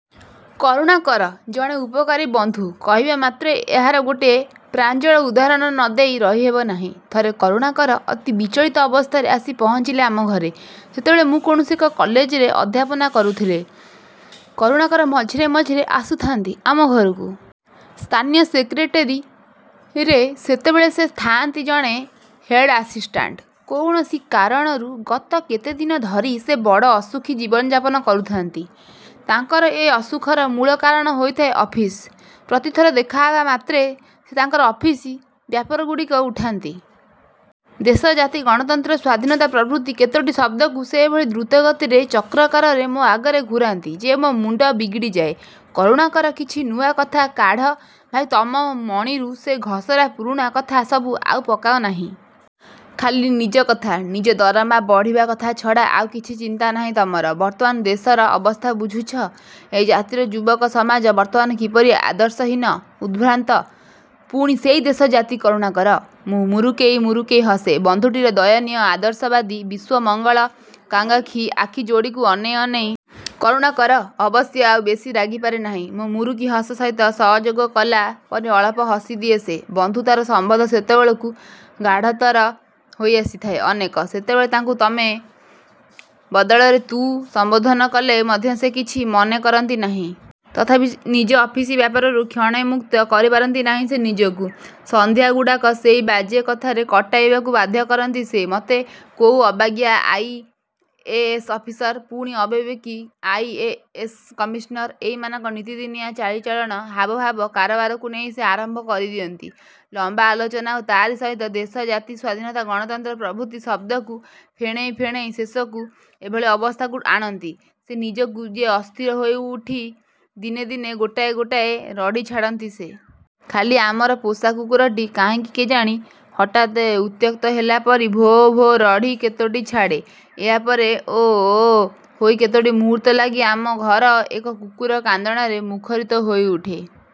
କରୁଣାକର ଜଣେ ଉପକାରୀ ବନ୍ଧୁ କହିବା ମାତ୍ରେ ଏହାର ଗୋଟିଏ ପ୍ରାଞ୍ଜଳ ଉଦାହରଣ ନ ଦେଇ ରହିହେବ ନାହିଁ। ଥରେ କରୁଣାକର ଅତି ବିଚଳିତ ଅବସ୍ଥାରେ ଆସି ପହଞ୍ଚିଲେ ଆମ ଘରେ। ସେତେବେଳେ ମୁଁ କୌଣସି ଏକ କଲେଜରେ ଅଧ୍ୟାପନା କରୁଥାଏ। କରୁଣାକର ମଝିରେ ମଝିରେ ଆସୁଥାନ୍ତି ଆମ ଘରକୁ। ସ୍ଥାନୀୟ ସେକ୍ରେଟେରିରେ ସେତେବେଳେ ସେ ଥାନ୍ତି ଜଣେ ହେଡ ଆସିଷ୍ଟାଣ୍ଟ। କୌଣସି କାରଣରୁ ଗତ କେତେଦିନ ଧରି ସେ ବଡ଼ ଅସୁଖୀ ଜୀବନଯାପନ କରୁଥାନ୍ତି। ତାଙ୍କର ଏ ଅସୁଖର ମୂଳ କାରଣ ହୋଇଥାଏ ଅଫିସ। ପ୍ରତିଥର ଦେଖାହେବା ମାତ୍ରେ ସେ ତାଙ୍କର ଅଫିସ ବ୍ୟାପରଗୁଡ଼ିକ ଉଠାନ୍ତି। ଦେଶ, ଜାତି, ଗଣତନ୍ତ୍ର, ସ୍ୱାଧୀନତା ପ୍ରଭୃତି କେତୋଟି ଶବ୍ଦକୁ ସେ ଏଭଳି ଦ୍ରୁତଗତିରେ ଚକ୍ରକାରରେ ମୋ ଆଗରେ ଘୂରାନ୍ତି ଯେ ମୋ ମୁଣ୍ଡ ବିଗିଡ଼ିଯାଏ। କରୁଣାକର, କିଛି ନୂଆ କଥା କାଢ଼ ଭାଇ ତମ ମଣିରୁ! ସେ ଘଷରା ପୁରୁଣା କଥା ସବୁ ଆଉ ପକାଅ ନାହିଁ। ଖାଲି ନିଜ କଥା, ନିଜ ଦରମା ବଢ଼ିବା କଥା ଛଡ଼ା ଆଉ କିଛି ଚିନ୍ତା ନାହିଁ ତମର। ବର୍ତ୍ତମାନ ଦେଶର ଅବସ୍ଥା ବୁଝୁଛ? ଏ ଜାତିର ଯୁବକ ସମାଜ ବର୍ତ୍ତମାନ କିପରି ଆଦର୍ଶହୀନ, ଉଦ୍ଭ୍ରାନ୍ତ। ପୁଣି ସେଇ ଦେଶ, ଜାତି, କରୁଣାକର! ମୁଁ ମୁରୁକେଇ ମୁରୁକେଇ ହସେ, ବନ୍ଧୁଟିର ଦୟନୀୟ ଆଦର୍ଶବାଦୀ ବିଶ୍ୱମଙ୍ଗଳକାଙ୍ଗାକ୍ଷୀ ଆଖିଯୋଡ଼ିକୁ ଅନେଇ ଅନେଇ। କରୁଣାକର ଅବଶ୍ୟ ଆଉ ବେଶି ରାଗିପାରେ ନାହିଁ। ମୋ ମୁରୁକି ହସ ସହିତ ସହଯୋଗ କଲା ପରି ଅଳ୍ପ ହସିଦିଏ ସେ। ବନ୍ଧୁତାର ସମ୍ବନ୍ଧ ସେତେବେଳକୁ ଗାଢ଼ତର ହୋଇ ଆସିଥାଏ ଅନେକ। ସେତେବେଳେ ତାଙ୍କୁ ତମେ ବଦଳରେ ତୁ ସମ୍ବୋଧନ କଲେ ମଧ୍ୟ ସେ କିଛି ମନେ କରନ୍ତି ନାହିଁ। ତଥାପି ନିଜ ଅଫିସ ବ୍ୟାପାରରୁ କ୍ଷଣେ ମୁକ୍ତ କରିପାରନ୍ତି ନାହିଁ ସେ ନିଜକୁ। ସନ୍ଧ୍ୟାଗୁଡ଼ାକ ସେଇ ବାଜେ କଥାରେ କଟାଇବାକୁ ବାଧ୍ୟ କରନ୍ତି ସେ ମତେ। କୋଉ ଅବାଗିଆ ଆଇ ଏ ଏସ ଅଫିସର, ପୁଣି ଅବିବେକୀ ଆଇ ଏ ଏସ କମିଶନର, ଏଇମାନଙ୍କ ନିତିଦିନିଆ ଚାଲିଚଳଣ, ହାବଭାବ, କାରବାରକୁ ନେଇ ସେ ଆରମ୍ଭ କରିଦିଅନ୍ତି ଲମ୍ବା ଆଲୋଚନା ଓ ତାରି ସହିତ ଦେଶ, ଜାତି, ସ୍ୱାଧୀନତା, ଗଣତନ୍ତ୍ର ପ୍ରଭୃତି ଶବ୍ଦକୁ ଫେଣେଇ ଫେଣେଇ ଶେଷକୁ ଏଭଳି ଅବସ୍ଥାକୁ ଆଣନ୍ତି ସେ ନିଜକୁ ଯେ ଅସ୍ଥିର ହୋଇଉଠି ଦିନେ ଦିନେ ଗୋଟାଏ ଗୋଟାଏ ରଡ଼ି ଛାଡ଼ନ୍ତି ସେ। ଖାଲି ଆମର ପୋଷା କୁକୁରଟି କାହିଁକି କେଜାଣି ହଠାତ୍ ଉତ୍ତ୍ୟକ୍ତ ହେଲା ପରି ଭୋ ଭୋ ରଡ଼ି କେତୋଟି ଛାଡ଼େ। ଏହାପରେ ଓ ଓ ହୋଇ କେତୋଟି ମୁହୂର୍ତ୍ତ ଲାଗି ଆମ ଘର ଏକ କୁକୁର କାନ୍ଦଣାରେ ମୁଖରିତ ହୋଇଉଠେ।